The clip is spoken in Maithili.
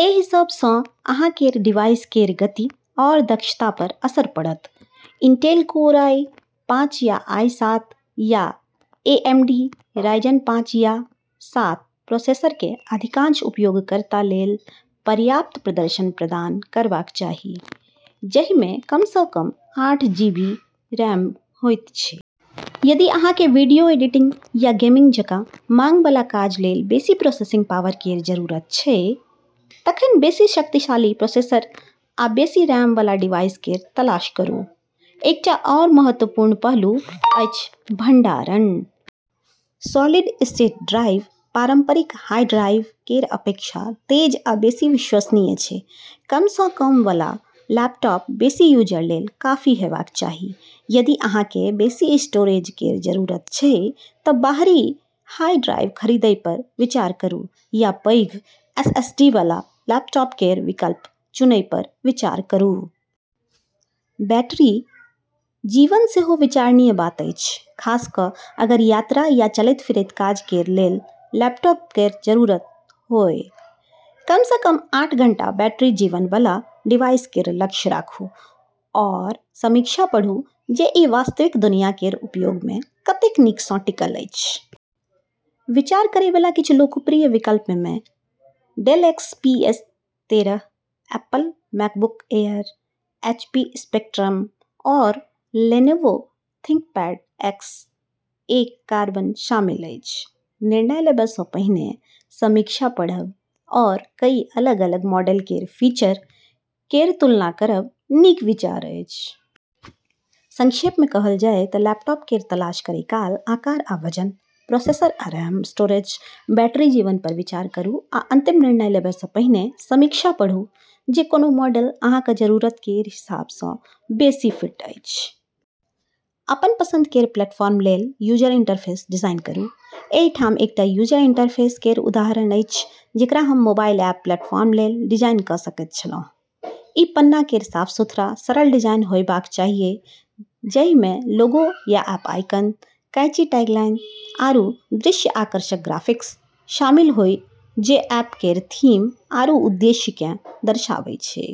एहि सब सँ अहाँ केर डिवाइस केर गति आओर दक्षता पर असर पड़त। इंटेल कोर आई पाँच या आई सात या ए एम डी राइजन पाँच या सात प्रोसेसर केँ अधिकांश उपयोगकर्ता लेल पर्याप्त प्रदर्शन प्रदान करबाक चाही, जहि मे कम सँ कम आठ जी बी रैम होइत छै। यदि अहाँ केँ वीडियो एडिटिंग या गेमिंग जकाँ मांग बला काज लेल बेसि प्रोसेसिंग पावर केर जरूरत छै, तखन बेसि शक्तिशाली प्रोसेसर आ बेसि रैम वाला डिवाइस केर तलाश करू। एकटा आओर महत्वपूर्ण पहलू अछि भंडारण। सॉलिड-स्टेट ड्राइव पारंपरिक हार्ड ड्राइव केर अपेक्षा तेज आ बेसि विश्वसनीय छै। कम सँ कम वाला लैपटॉप बेसि यूजर लेल काफी हेबाक चाही। यदि अहाँ केँ बेसि स्टोरेज केर जरूरत छै त बाहरी हार्ड ड्राइव खरीदय पर विचार करू या पैघ एसएसडी वाला लैपटॉप केर विकल्प चुनय पर विचार करू। बैटरी जीवन सेहो विचारणीय बात अछि, खास कऽ अगर यात्रा या चलैत-फिरैत काज करै लेल लैपटॉप केर जरूरत होअय। कम सँ कम आठ घंटा बैटरी जीवन वाला डिवाइस केर लक्ष्य राखू, आओर समीक्षा पढ़ू जे ई वास्तविक दुनिया केर उपयोग मे कतेक नीक सँ टिकल अछि। विचार करै बला किछु लोकप्रिय विकल्प मे डेल एक्स पी एस तेरह, Apple MacBook Air, HP Spectrum, आओर लेनोवो थिंकपैड एक्स एक कार्बन शामिल अछि। निर्णय लेबय सँ पहिने समीक्षा पढ़ब आओर कई अलग-अलग मॉडल केर फीचर केर तुलना करब नीक विचार अछि। संक्षेप मे कहल जाय तऽ लैपटॉप केर तलाश करै काल आकार आ वजन, प्रोसेसर आ रैम, स्टोरेज, बैटरी जीवन पर विचार करू आ अंतिम निर्णय लेबय सँ पहिने समीक्षा पढ़ू जे कोनो मॉडल अहाँक जरूरत केर हिसाब सँ बेसि फिट अछि। अपन पसंद केर प्लेटफॉर्म लेल यूजर इंटरफेस डिजाइन करू। एहि ठाम एकटा यूजर इंटरफेस केर उदाहरण अछि जेकरा हम मोबाइल ऐप प्लेटफॉर्म लेल डिजाइन कऽ सकैत छलहुँ। ई पन्ना केर साफ-सुथरा, सरल डिजाइन होयबाक चाहियै जाहिमे लोगो या ऐप आइकन, कैची टैगलाइन आरू दृश्य आकर्षक ग्राफिक्स शामिल होय जे ऐप केर थीम आरू उद्देश्य केँ दर्शाबै छै।